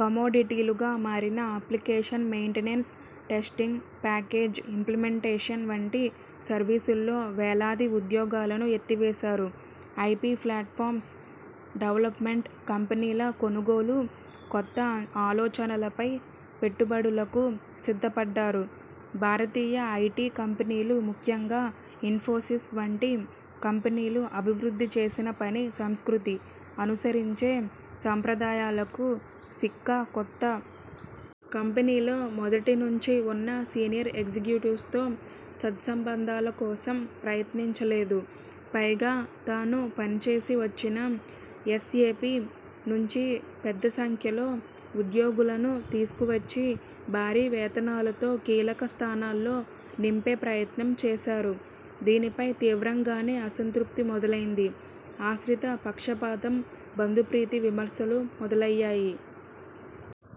కమోడిటీలుగా మారిన application maintenance, testing, package implementation వంటి సర్వీసుల్లో వేలాది ఉద్యోగాలను ఎత్తివేశారు. ఐపి ప్లాట్ఫామ్స్ డెవల్పమెంట్, కంపెనీల కొనుగోలు, కొత్త ఆలోచనలపై పెట్టుబడులకు సిద్ధపడ్డారు. భారతీయ ఐటి కంపెనీలు ముఖ్యంగా ఇన్ఫోసిస్ వంటి కంపెనీలు అభివృద్ధి చేసిన పని సంస్కృతి, అనుసరించే సంప్రదాయాలకు సిక్కా కొత్త. కంపెనీలో మొదటి నుంచీ ఉన్న సీనియర్ ఎగ్జిక్యూటివ్స్తో సత్సంబంధాల కోసం ప్రయత్నించలేదు. పైగా తాను పనిచేసి వచ్చిన ఎస్ఎపి నుంచి పెద్ద సంఖ్యలో ఉద్యోగులను తీసుకువచ్చి భారీ వేతనాలతో కీలక స్థానాల్లో నింపే ప్రయత్నం చేశారు. దీనిపై తీవ్రంగానే అసంతృప్తి మొదలైంది. ఆశ్రిత పక్షపాతం, బంధుప్రీతి విమర్శలు మొదలయ్యాయి.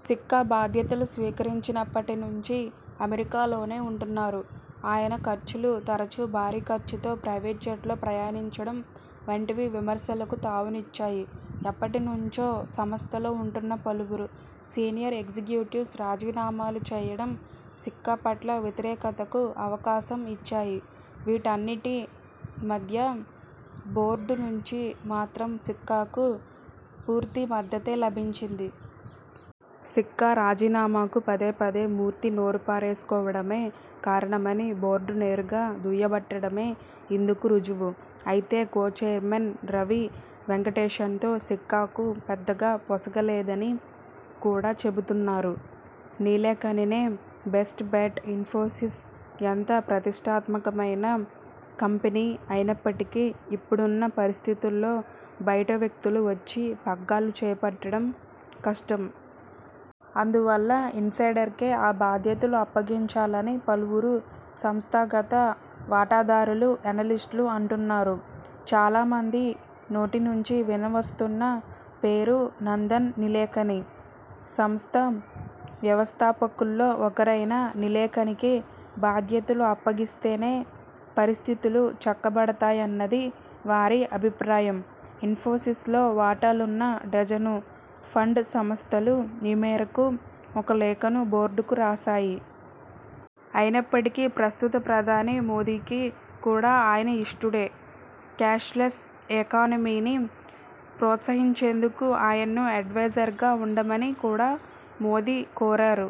సిక్కా బాధ్యతలు స్వీకరించినప్పటి నుంచి అమెరికాలోనే ఉంటున్నారు. ఆయ న ఖర్చులు, తరుచూభారీ ఖర్చుతో ప్రైవేట్జెట్లో ప్రయాణించడం వంటివి విమర్శలకు తావునిచ్చాయి. ఎప్పటి నుంచో సంస్థలో ఉంటున్న పలువురు సీనియర్ ఎగ్జిక్యూటివ్స్ రాజీనామాలు చేయడం సిక్కా పట్ల వ్యతిరేకతకు అవకాశం ఇచ్చాయి. వీటన్నింటి మధ్య బోర్డు నుంచి మాత్రం సిక్కాకు పూర్తి మద్దతే లభించింది. సిక్కా రాజీనామాకు పదేపదే మూర్తి నోరుపారేసుకోవడమే కారణమని బోర్డు నేరుగా దుయ్యబట్టడమే ఇందుకు రుజువు. అయితే కో చైర్మన్ రవి వెంకటేషన్తో సిక్కాకు పెద్దగా పొసగలేదని కూడా చెబుతున్నారు. నీలేకనినే బెస్ట్ బెట్ ఇన్ఫోసిస్ ఎంత ప్రతిష్టాత్మకమైన కంపెనీ అయినప్పటికీ ఇప్పుడున్న పరిస్థితుల్లో బయటవ్యక్తులు వచ్చి పగ్గాలు చేపట్టడం కష్టం. అందువల్ల ఇన్సైడర్కే ఆ బాధ్యతలు అప్పగించాలని పలువురు, సంస్థాగత వాటాదారులు, ఎనలిస్టులు అంటున్నారు. చాలా మంది నోటి నుంచి వినవస్తున్న పేరు నందన్ నీలేకని. సంస్థ వ్యవస్థాపకుల్లో ఒకరైన నీలేకనికి బాధ్యతలు అప్పగిస్తేనే పరిస్థితులు చక్కబడతాయన్నది వారి అభిప్రాయం. ఇన్ఫోసిస్ లో వాటాలున్న డజను ఫండ్ సంస్థలు ఈ మేరకు ఒక లేఖను బోర్డుకు రాశాయి. అయినప్పటికీ ప్రస్తుత ప్రధాని మోదీకి కూడా ఆయన ఇష్టుడే. క్యాష్లెస్ ఎకానమీని ప్రోత్సహించేందుకు ఆయన్ను అడ్వైజర్గా ఉండమని కూడా మోదీ కోరారు.